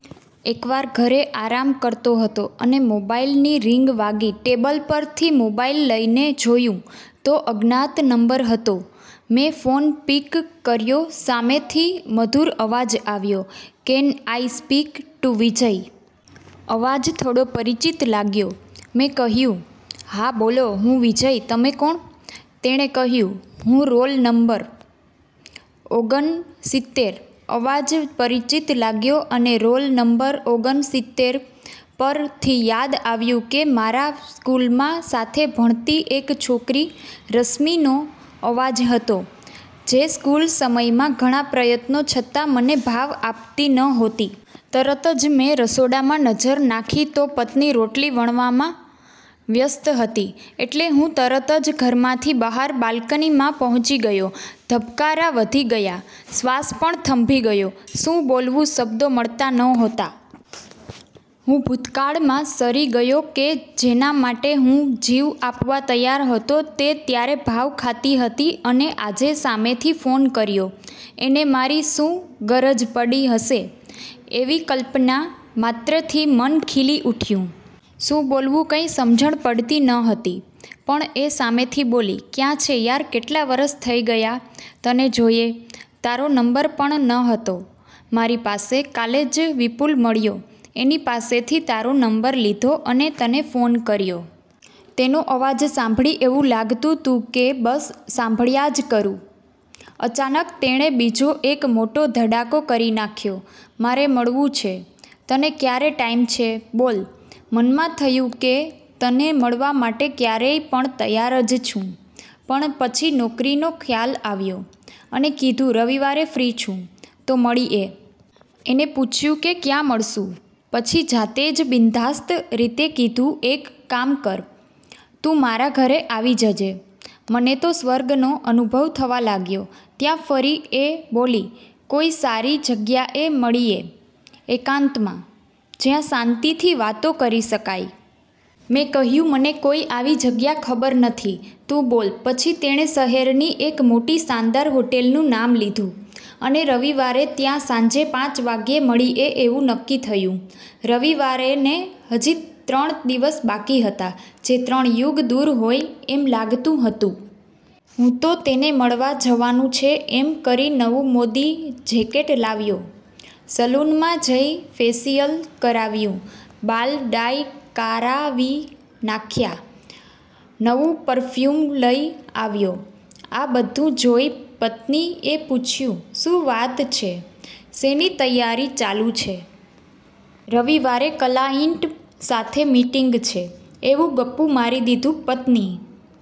એક વાર ઘરે આરામ કરતો હતો અને મોબાઈલ ની રિંગ વાગી ટેબલ પર થી મોબાઈલ લઈ ને જોયું તો અજ્ઞાત નંબર હતો મેં ફોન પિક કર્યો સામે થી મધુર અવાજ આવ્યો can I speak to Vijay? અવાજ થોડો પરિચિત લાગ્યો મેં કહ્યું હા બોલો હું વિજય તમે કોણ? તેણે કહ્યું હું રોલ નમ્બર ઓગન સિત્તેર. અવાજ પરિચિત લાગ્યો અને રોલ નમ્બર ઓગન સિત્તેર પર થી યાદ આવ્યું કે મારા સ્કૂલ માં સાથે ભણતી એક છોકરી રશ્મિનો અવાજ હતો, જે સ્કૂલ સમયમાં ઘણા પ્રયત્નો છતાં મને ભાવ આપતી નહોતી. તરત જ મેં રસોડામાં નજર નાખી તો પત્ની રોટલી વણવામાં વ્યસ્ત હતી, એટલે હું તરત જ ઘરમાંથી બહાર બાલ્કની માં પહોંચી ગયો, ધબકારા વધી ગયા, શ્વાસ પણ થંભી ગયો. શું બોલવું શબ્દો મળતા નહોતા. હું ભૂતકાળમાં સરી ગયો કે જેના માટે હું જીવ આપવા તૈયાર હતો તે ત્યારે ભાવ ખાતી હતી અને આજે સામેથી ફોન કર્યો એને મારી શું ગરજ પડી હશે એવી કલ્પના માત્ર થી મન ખીલી ઉઠ્યું. શું બોલવું કઇ સમજણ પડતી નહતી પણ એ સામેથી બોલી: ક્યાં છે યાર, કેટલા વરસ થઈ ગયા તને જોયે, તારો નમ્બર પણ નહતો મારી પાસે. કાલે જ વિપુલ મળ્યો એની પાસેથી તારો નમ્બર લીધો અને તને ફોન કર્યો. તેનો અવાજ સાંભળી એવું લાગતું તું કે બસ સાંભળ્યા જ કરું. અચાનક તેણે બીજો એક મોટો ધડાકો કરી નાખ્યો, મારે મળવું છે તને ક્યારે ટાઈમ છે બોલ! મનમાં થયું કે તને મળવા માટે ક્યારેય પણ તૈયાર જ છુ, પણ પછી નોકરીનો ખ્યાલ આવ્યો અને કીધું રવિવારે ફ્રી છુ તો મળીએ. એને પૂછ્યું કે કયા મળશું પછી જાતે જ બિન્ધાસ્ત રીતે કીધું એક કામ કર તું મારા ઘરે આવી જજે. મને તો સ્વર્ગનો અનુભવ થવા લાગ્યો ત્યાં ફરી એ બોલી કોઈ સારી જગ્યાએ મળીયે એકાંતમાં જ્યાં શાંતિથી વાતો કરી શકાય. મેં કહ્યું મને કોઈ આવી જગ્યા ખબર નથી તું બોલ. પછી તેણે શહેર ની એક મોટી શાનદાર હોટેલનું નામ લીધું અને રવિવારે ત્યાં સાંજે પાંચ વાગ્યે મળીએ એવું નક્કી થયું. રવિવારે ને હજી ત્રણ દિવસ બાકી હતા જે ત્રણ યુગ દૂર હોય એમ લાગતું હતું. હું તો તેને મળવા જવાનું છે એમ કરી નવું મોદી જેકેટ લાવ્યો, સલૂન માં જઈ ફેસિયલ કરાવ્યું, બાલ ડાઈ કારાવી નાખ્યા, નવું પરફ્યુમ લઈ આવ્યો આ બધું જોઈ પત્ની એ પૂછ્યું શું વાત છે શેની તૈયારી ચાલુ છે? રવિવારે કલાઇન્ટ સાથે મિટિંગ છે એવું ગપ્પુ મારી દીધું. પત્ની